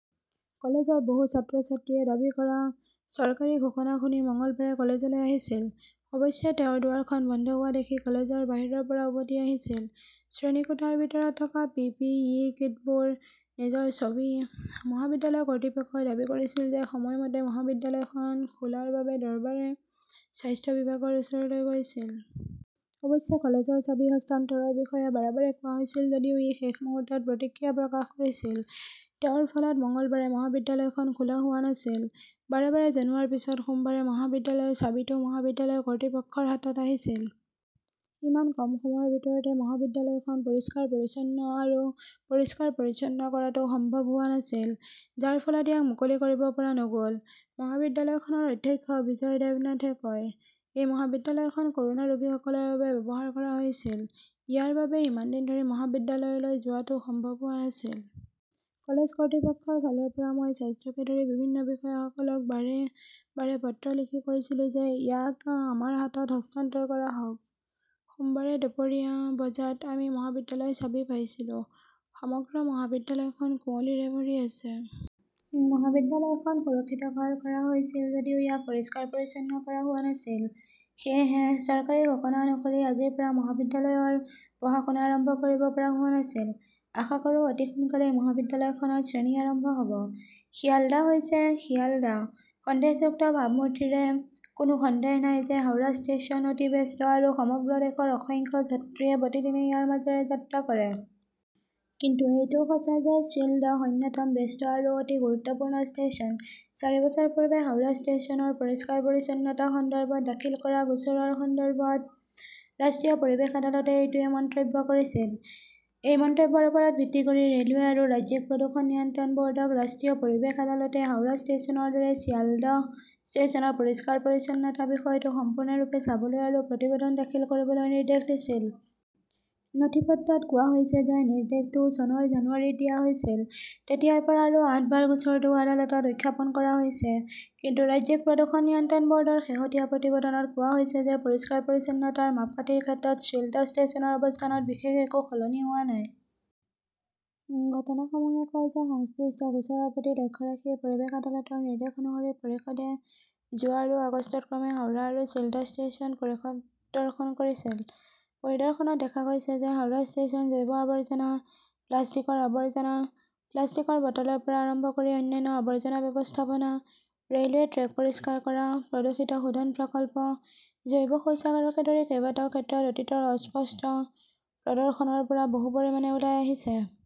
কলেজৰ বহু ছাত্ৰ-ছাত্ৰীয়ে দাবী কৰা, চৰকাৰী ঘোষণা শুনি মঙলবাৰে কলেজলৈ আহিছিল। অৱশ্যে তেওঁৰ দুৱাৰখন বন্ধ হোৱা দেখি কলেজৰ বাহিৰৰ পৰা উভতি আহিছিল। শ্ৰেণীকোঠাৰ ভিতৰত থকা পি. পি. ই. কিটবোৰ। নিজৰ ছবি। মহাবিদ্যালয় কৰ্তৃপক্ষই দাবী কৰিছিল যে সময়মতে মহাবিদ্যালয়খন খোলাৰ বাবে দৰবাৰে স্বাস্থ্য বিভাগৰ ওচৰলৈ গৈছিল। অৱশ্যে, কলেজৰ চাবি হস্তান্তৰৰ বিষয়ে বাৰে বাৰে কোৱা হৈছিল যদিও ই শেষ মুহূৰ্তত প্ৰতিক্ৰিয়া প্ৰকাশ কৰিছিল। তেওঁৰ ফলত মঙলবাৰে মহাবিদ্যালয়খন খোলা হোৱা নাছিল। বাৰে বাৰে জনোৱাৰ পিছত সোমবাৰে মহাবিদ্যালয়ৰ চাবিটো মহাবিদ্যালয়ৰ কৰ্তৃপক্ষৰ হাতত আহিছিল। ইমান কম সময়ৰ ভিতৰতে মহাবিদ্যালয়খন পৰিষ্কাৰ-পৰিচ্ছন্ন আৰু পৰিষ্কাৰ-পৰিচ্ছন্ন কৰাটো সম্ভৱ হোৱা নাছিল। যাৰ ফলত ইয়াক মুকলি কৰিব পৰা নগ'ল। মহাবিদ্যালয়খনৰ অধ্যক্ষ বিজয় দেৱনাথে কয়, এই মহাবিদ্যালয়খন কৰোনা ৰোগীসকলৰ বাবে ব্যৱহাৰ কৰা হৈছিল। ইয়াৰ বাবেই ইমান দিন ধৰি মহাবিদ্যালয়লৈ যোৱাটো সম্ভৱ হোৱা নাছিল। কলেজ কৰ্তৃপক্ষৰ ফালৰ পৰা মই স্বাস্থ্যকে ধৰি বিভিন্ন বিষয়াসকলক বাৰে - বাৰে পত্ৰ লিখি কৈছিলো যে ইয়াক আমাৰ হাতত হস্তান্তৰ কৰা হওক। সোমবাৰে দুপৰীয়া বজাত আমি মহাবিদ্যালয়ৰ চাবি পাইছিলো। সমগ্ৰ মহাবিদ্যালয়খন কুঁৱলীৰে ভৰি আছে। মহাবিদ্যালয়খন সুৰক্ষিত ঘৰ কৰা হৈছিল যদিও ইয়াক পৰিষ্কাৰ-পৰিচ্ছন্ন কৰা হোৱা নাছিল। সেয়েহে, চৰকাৰী ঘোষণা অনুসৰি আজিৰ পৰা মহাবিদ্যালয়ৰ পঢ়া-শুনা আৰম্ভ কৰিব পৰা হোৱা নাছিল। আশা কৰোঁ অতি সোনকালেই মহাবিদ্যালয়খনত শ্ৰেণী আৰম্ভ হ'ব। শিয়ালদা হৈছে শিয়ালদা, সন্দেহযুক্ত ভাবমূৰ্তিৰে কোনো সন্দেহ নাই যে হাওৰা ষ্টেচন অতি ব্যস্ত আৰু সমগ্ৰ দেশৰ অসংখ্য যাত্ৰীয়ে প্ৰতিদিনে ইয়াৰ মাজেৰে যাত্ৰা কৰে। কিন্তু এইটোও সঁচা যে শ্বিলদহ অন্যতম ব্যস্ত আৰু অতি গুৰুত্বপূৰ্ণ ষ্টেচন। চাৰি বছৰ পূৰ্বে হাওৰা ষ্টেচনৰ পৰিষ্কাৰ-পৰিচ্ছন্নতা সন্দৰ্ভত দাখিল কৰা গোচৰৰ সন্দৰ্ভত ৰাষ্ট্ৰীয় পৰিৱেশ আদালতে এইটোৱেই মন্তব্য কৰিছিল। এই মন্তব্যৰ ওপৰত ভিত্তি কৰি ৰে'লৱে আৰু ৰাজ্যিক প্ৰদূষণ নিয়ন্ত্ৰণ বোৰ্ডক ৰাষ্ট্ৰীয় পৰিৱেশ আদালতে হাওৰা ষ্টেচনৰ দৰে চিয়ালদহ ষ্টেচনৰ পৰিষ্কাৰ-পৰিচ্ছন্নতাৰ বিষয়টো সম্পূৰ্ণৰূপে চাবলৈ আৰু প্ৰতিবেদন দাখিল কৰিবলৈ নিৰ্দেশ দিছিল। নথিপত্ৰত কোৱা হৈছে যে নিৰ্দেশটো চনৰ জানুৱাৰীত দিয়া হৈছিল। তেতিয়াৰ পৰা আৰু আঠবাৰ গোচৰটো আদালতত উত্থাপন কৰা হৈছে। কিন্তু ৰাজ্যিক প্ৰদূষণ নিয়ন্ত্ৰণ বৰ্ডৰ শেহতীয়া প্ৰতিবেদনত কোৱা হৈছে যে পৰিষ্কাৰ-পৰিচ্ছন্নতাৰ মাপকাঠিৰ ক্ষেত্ৰত শ্বিলদহ ষ্টেচনৰ অৱস্থানত বিশেষ একো সলনি হোৱা নাই। ঘটনাসমূহে কয় যে সংশ্লিষ্ট গোচৰৰ প্ৰতি লক্ষ্য ৰাখি পৰিৱেশ আদালতৰ নিৰ্দেশ অনুসৰি পৰিষদে যোৱা আৰু আগষ্টত ক্ৰমে হাওৰা আৰু শ্বিলদহ ষ্টেচন পৰিদৰ্শন কৰিছিল। পৰিদৰ্শনত দেখা গৈছে যে হাওৰা ষ্টেচন জৈৱ আৱৰ্জনা, প্লাষ্টিকৰ আৱৰ্জনা, প্লাষ্টিকৰ বটলৰ পৰা আৰম্ভ কৰি অন্যান্য আৱৰ্জনা ব্যৱস্থাপনা, ৰে'লৱে ট্ৰেক পৰিষ্কাৰ কৰা, প্ৰদূষিত শোধন প্ৰকল্প, জৈৱ শৌচাগাৰকে ধৰি কেইবাটাও ক্ষেত্ৰত অতীতৰ অস্পষ্ট 'প্ৰদৰ্শনৰ পৰা বহু পৰিমাণে ওলাই আহিছে।